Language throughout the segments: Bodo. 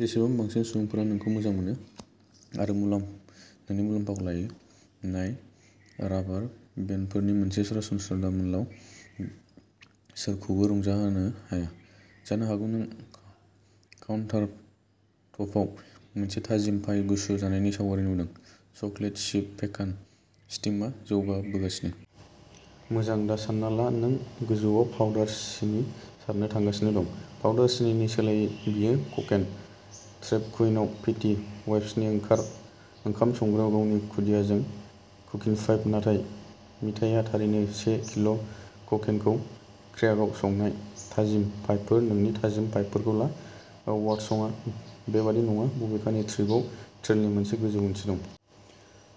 जेसेबां बांसिन सुबुंफोरा नोंखौ मोजां मोना आरो मुलाम नोंनि मुलाम्फाखौ लायो। नाय राबार बेन्डफोरनि मोनसे सरासनस्रा दामोलआव सोरखौबो रंजाहोनो हाया। जानो हागौ नों काउन्टारटपआव मोनसे थाजिम पाइ गुसु जानायनि सावगारि मोनदों। Chocolate chip pecan. स्टीमआ जौगाबोगासिनो। मोजां दा सानना ला नों गोजौआव पाउडार सिनि सारनो थांगासिनो दं। पाउडार सिनिनि सोलायै बेयो क'केन। ट्रेप कुइनआव फेटी वेप्सनि ओंखाम संग्रायाव गावनि खुदियाजों कुकिन'पाइ नाथाय मिथाइया थारैनो से किल'क'केनखौ क्र्याकआव संनाय। थाजिम पाइफोर नोंनि थाजिम पाइफोरखौ ला बार्डसंआ बेबादि नङा बबेखानि ट्रिपआव ट्रिलनि मोनसे गोजौ ओंथि दं।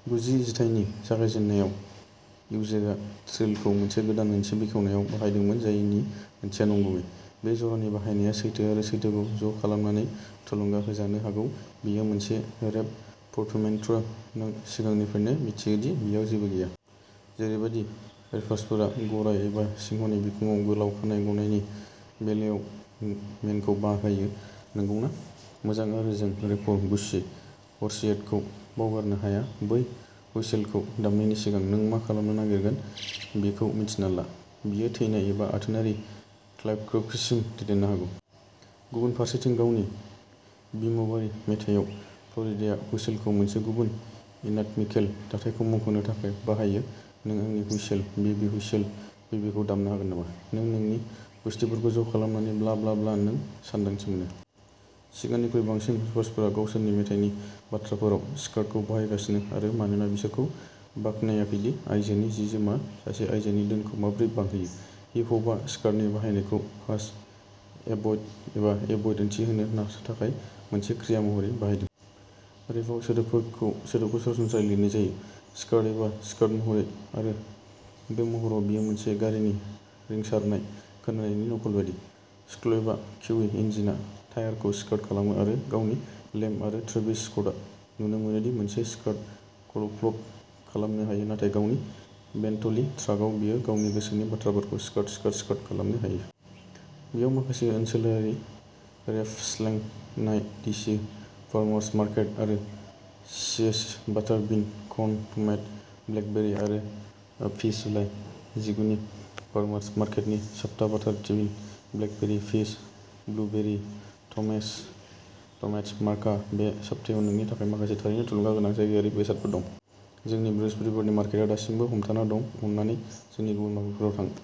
गुजि जिथाइनि जागायजेन्नायाव इउजिआ ट्रिलखौ मोनसे गोदान ओंथि बेखेवनायाव बाहायदोंमोन जायनि ओंथिया नंगुबै। बे जरानि बाहायनाया सैथो आरो सैथोखौ ज' खालामनानै थुलुंगा होजानो हागौ बेयो मोनसे रेप पर्टमेनट्यु नों सिगांनिफ्रायनो मिथियोदि बेयाव जेबो गैया। जेरैबादि रेपार्सफोरा गराय एबा सिंहनि बिखुङाव गोलाव खानाइ गनायनि बेलायाव मेनखौ बाहायो। नंगौना? मोजां आरो जों रेपर गुच्चि हर्सिहेडखौ बावगारनो हाया बै हुइसेलखौ दामनायनि सिगां नों मा खालामनो नागिरगोन बेखौ मिन्थिना ला। बेयो थैनाय एबा आथोनारि क्लाइक्ससिम दैदेननो हागौ। गुबुन फारसेथिं गावनि बिमुबाय मेथाइयाव फ्ल'रिडेया हुइसेलखौ मोनसे गुबुन एनाटमिकेल दाथायखौ मुंख'नो थाखाय बाहायो नों आंनि हुइसेल, बेबी, हुइसेल, बेबीखौ दामनो हागोन नामा?नों नोंनि गुसथिफोरखौ ज' खालामनानै ब्ला ब्ला ब्ला नों सानदांथि मोनो। सिगांनिख्रुइ बांसिन पर्सफोरा गावसोरनि मेथाइनि बाथ्राफोराव स्कार्टखौ बाहायगासिनो आरो मानोना बिसोरो बाखनायाखैदि आयजोनि जि जोमआ सासे आयजोनि धोनखौ माबोरै बांहोयो। हिप हपआ स्कार्टनि बाहायनायखौ पास, एभ'इड, एबा एभ'इड ओंथि होनो थाखाय मोनसे क्रिया महरै बाहायदों। रेपआव सोदोबफोरखौ सोदोबखौ सरासनस्रायै लिरनाय जायो। स्कार्ट एबा स्कार्ट महरै आरो बे महराव बेयो मोनसे गारिनि रिंसारनाय खोनानायनि नकल बायदि। स्कुलब'य किउनि इन्जिनआ टायारखौ स्कार्ट खालामो आरो गावनि लेम्ब आव ट्रेभिस स्क'टआ नुनो मोनोदि मोनसे स्कार्ट खौल'प्लट खालामनो हायो नाथाय गावनि बेन्टली ट्राकआव बियो गावनि गोसोनि बाथ्राफोरखौ स्कार्ट, स्कार्ट, स्कार्ट खालामनो हायो। बेयाव माखासे ओनसोलारि रेप स्लें नाय डिसि फार्मार्स मार्केट आरो सिएस बाटार बिन, कर्न, टमेट', ब्लेकबेरी आरो पीच जुलाइ जिगुनि फार्मार्स मार्केटनि सप्ता-बाटार थिबी, ब्लेकबेरी, पीस, ब्लुबेर्री, टमेट'ज मार्कहा बे सप्तायाव नोंनि थाखाय माखासे थारैनो थुलुंगा गोनां जायगायारि बेसादफोर दं। जोंनि बृहस्पतिबारनि मार्केटआ दासिमबो हमथाना दं अन्नानै जोंनि गुबुन माक्रयाव थां।